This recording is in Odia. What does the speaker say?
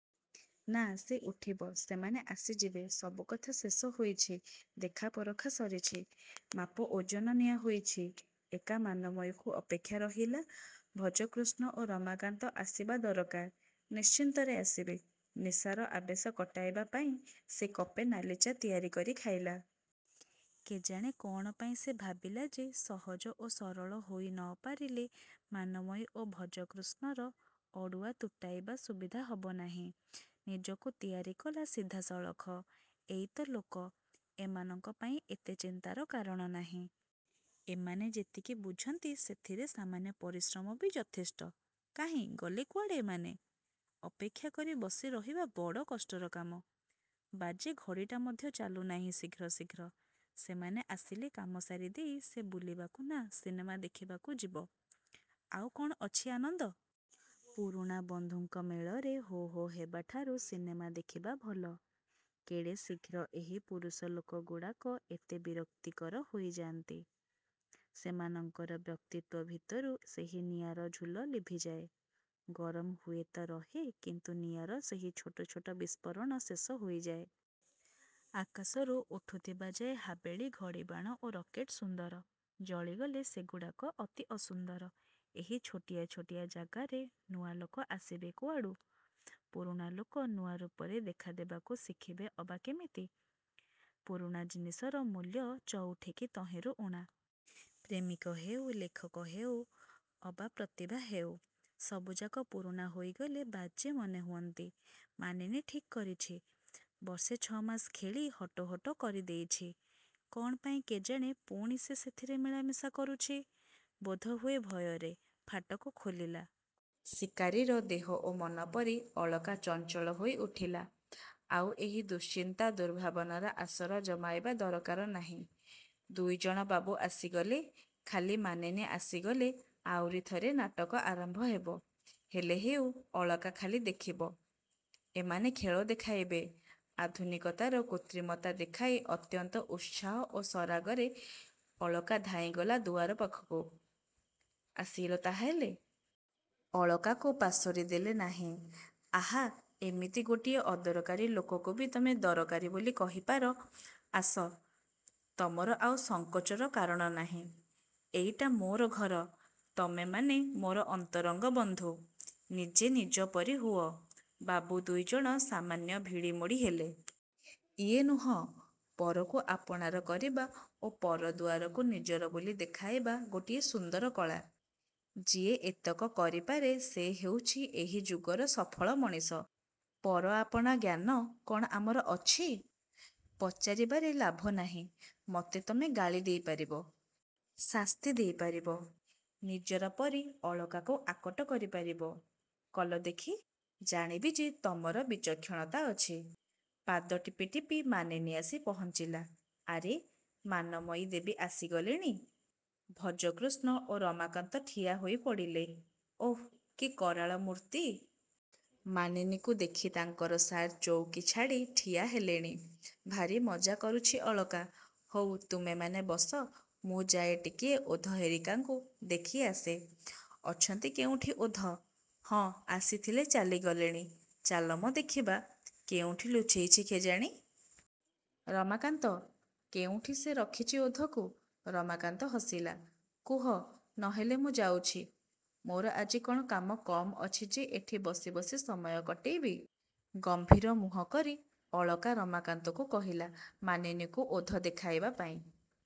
-ନା, ସେ ଉଠିବ। ସେମାନେ ଆସିଯିବେ। ସବୁ କଥା ଶେଷ ହୋଇଛି। ଦେଖା ପରଖା ସରିଛି। ମାପ ଓଜନ ନିଆ ହୋଇଛି। ଏକା ମାନମୟୀକୁ ଅପେକ୍ଷା ରହିଲା। ଭଜକୃଷ୍ଣ ଓ ରମାକାନ୍ତ ଆସିବା ଦରକାର-ନିଶ୍ଚିତରେ ଆସିବେ। ନିଶାର ଆବେଶ କଟାଇବା ପାଇଁ ସେ କପେ ନାଲି ଚା' ତିଆରି କରି ଖାଇଲା। କେଜାଣି କ'ଣ ପାଇଁ ସେ ଭାବିଲା ଯେ ସହଜ ଓ ସରଳ ହୋଇ ନ ପାରିଲେ ମାନମୟୀ ଓ ଭଜକୃଷ୍ଣର ଅଡ଼ୁଆ ତୁଟାଇବା ସୁବିଧା ହବ ନାହିଁ। ନିଜକୁ ତିଆରି କଲା-ସିଧା ସଳଖ। ଏଇ ତ ଲୋକ? ଏମାନଙ୍କ ପାଇଁ ଏତେ ଚିନ୍ତାର କାରଣ ନାହିଁ। ଏମାନେ ଯେତିକି ବୁଝନ୍ତି ସେଥିରେ ସାମାନ୍ୟ ପରିଶ୍ରମ ବି ଯଥେଷ୍ଟ। କାହିଁ ଗଲେ କୁଆଡ଼େ ଏମାନେ? ଅପେକ୍ଷାକରି ବସି ରହିବା ବଡ଼ କଷ୍ଟର କାମ। ବାଜେ ଘଡ଼ିଟା ମଧ୍ୟ ଚାଲୁନାହିଁ ଶୀଘ୍ର ଶୀଘ୍ର। ସେମାନେ ଆସିଲେ କାମ ସାରିଦେଇ ସେ ବୁଲିବାକୁ-ନା, ସିନେମା ଦେଖିବାକୁ-ଯିବ-। ଆଉ କ'ଣ ଅଛି ଆନନ୍ଦ? ପୁରୁଣା ବନ୍ଧୁଙ୍କ ମେଳରେ ହୋ ହୋ ହେବାଠାରୁ ସିନେମା ଦେଖିବା ଭଲ। କେଡ଼େ ଶୀଘ୍ର ଏହି ପୁରୁଷ ଲୋକଗୁଡ଼ାକ ଏତେ ବିରକ୍ତିକର ହୋଇଯାନ୍ତି। ସେମାନଙ୍କର ବ୍ୟକ୍ତିତ୍ୱ ଭିତରୁ ସେହି ନିଆଁର ଝୁଲ ଲିଭିଯାଏ। ଗରମ ହୁଏତ ରହେ କିନ୍ତୁ ନିଆଁର ସେହି ଛୋଟ ଛୋଟ ବିସ୍ଫୋରଣ ଶେଷ ହୋଇ ଯାଏ। ଆକାଶକୁ ଉଠୁଥିବା ଯାଏ ହାବେଳି, ଘଡ଼ିବାଣ ଓ ରକେଟ୍ ସୁନ୍ଦର। ଜଳିଗଲେ ସେଗୁଡ଼ାକ ଅତି ଅସୁନ୍ଦର। ଏହି ଛୋଟିଆ ଛୋଟିଆ ଜାଗାରେ ନୂଆ ଲୋକ ଆସିବେ କୁଆଡ଼ୁ? ପୁରୁଣା ଲୋକ ନୂଆ ରୂପରେ ଦେଖା ଦେବାକୁ ଶିଖିବେ ଅବା କେମିତି? ପୁରୁଣା ଜିନିଷର ମୂଲ୍ୟ ଚଉଠେ କି ତହିଁରୁ ଊଣା। ପ୍ରେମିକ ହେଉ, ଲେଖକ ହେଉ ଅବା ପ୍ରତିଭା ହେଉ-ସବୁଯାକ ପୁରୁଣା ହୋଇଗଲେ ବାଜେ ମନେ ହୁଅନ୍ତି। ମାନିନୀ ଠିକ୍ କରିଛି-। ବର୍ଷେ ଛ'ଅ ମାସ ଖେଳି ହଟୋ-ହଟୋ କରିଦେଇଛି। କ'ଣ ପାଇଁ କେଜାଣି ପୁଣି ସେ ସେଥିରେ ମିଳା ମିଶା କରୁଛି-ବୋଧହୁଏ ଭୟରେ। ଫାଟକ ଖୋଲିଲା। ଶିକାରୀର। ଦେହ ଓ ମନ ପରି ଅଳକା ଚଞ୍ଚଳହୋଇ ଉଠିଲା। ଆଉ ଏହି ଦୁଶ୍ଚିନ୍ତା-ଦୁର୍ଭାବନାର ଆସର ଜମାଇବା ଦରକାର ନାହିଁ। ଦୁଇଜଣ ବାବୁ ଆସିଗଲେ-ଖାଲି ମାନିନୀ ଆସିଗଲେ ଆଉରି ଥରେ ନାଟକ ଆରମ୍ଭ ହେବ। -ହେଲେ ହେଉ-ଅଳକା ଖାଲି ଦେଖିବ। ଏମାନେ ଖେଳ ଦେଖାଇବେ। ଆଧୁନିକତାର କୃତ୍ରିମତା ଦେଖାଇ ଅତ୍ୟନ୍ତ ଉତ୍ସାହ ଓ ସରାଗରେ ଅଳକା ଧାଇଁଗଲା ଦୁଆର ପାଖକୁ-ଆସିଲ ତାହାହେଲେ। ଅଳକାକୁ ପାଶୋରି ଦେଲ ନାହିଁ। ଆହା-ଏମିତି ଗୋଟାଏ ଅଦରକାରୀ ଲୋକକୁ ବି ତମେ ଦରକାରୀ ବୋଲି କହିପାର? -ଆସ। ତମର ଆଉ ସଂକୋଚର କାରଣ ନାହିଁ। ଏଇଟା ମୋର ଘର। ତମେମାନେ ମୋର ଅନ୍ତରଙ୍ଗ ବନ୍ଧୁ। ନିଜେ ନିଜ ପରି ହୁଅ। ବାବୁ ଦୁଇଜଣ ସାମାନ୍ୟ ଭିଡ଼ିମୋଡ଼ି ହେଲେ। -ଇଏ ନୁହଁ। ପରକୁ ଆପଣାର କରିବା ଓ ପର ଦୁଆରକୁ ନିଜର ବୋଲି ଦେଖାଇବା ଗୋଟାଏ ସୁନ୍ଦର କଳା। ଯିଏ ଏତକ କରିପାରେ ସେ ହେଉଛି ଏହି ଯୁଗର ସଫଳ ମଣିଷ। -ପର ଆପଣା ଜ୍ଞାନ କ'ଣ ଆମର ଅଛି? -ପଚାରିବାରେ ଲାଭ ନାହିଁ। ମତେ ତମେ ଗାଳି ଦେଇପାରିବ? ଶାସ୍ତି ଦେଇପାରିବ-? ନିଜର ପରି ଅଳକାକୁ ଆକଟ କରି ପାରିବ? -କଲ ଦେଖି। ଜାଣିବି ଯେ ତମର ବିଚକ୍ଷଣତା ଅଛି। ପାଦ ଟିପି ଟିପି ମାନିନୀ ଆସି ପହଞ୍ଚିଲା। -ଆରେ ମାନମୟୀ ଦେବୀ ଆସିଗଲେଣି। ଭଜକୃଷ୍ଣ ଓ ରମାକାନ୍ତ ଠିଆ ହେଇପଡ଼ିଲେ। -ଓଃ, କି କରାଳ ମୂର୍ତ୍ତି। ମାନିନୀକୁ ଦେଖି ତାଙ୍କର ସାର୍ ଚଉକୀ ଛାଡ଼ି ଠିଆ ହେଲେଣି-। -ଭାରି ମଜ୍ଜା କରୁଛି ଅଳକା। ହଉ ତୁମେମାନେ ବସ। ମୁଁ ଯାଏଁ ଟିକିଏ ଓଧ ହେରିକାଙ୍କୁ ଦେଖି ଆସେ। ଅଛନ୍ତି କେଉଁଠି? -ଓଧ? ହଁ ଆସିଥିଲେ ଚାଲିଗଲେଣି। -ଚାଲ ମ ଦେଖିବା। କେଉଁଠି ଲୁଚେଇଛି କେଜାଣି? -ରମାକାନ୍ତ, କେଉଁଠି ସେ ରଖିଛି ଓଧକୁ? ରମାକାନ୍ତ ହସିଲା। -କୁହ। ନହେଲେ ମୁଁ ଯାଉଛି। ମୋର ଆଜି କ'ଣ କାମ କମ୍ ଅଛି ଯେ ଏଠି ବସି ବସି ସମୟ କଟେଇବି? ଗମ୍ଭୀର ମୁହଁ କରି ଅଳକା ରମାକାନ୍ତକୁ କହିଲା ମାନିନୀକୁ ଓଧ ଦେଖାଇବା ପାଇଁ।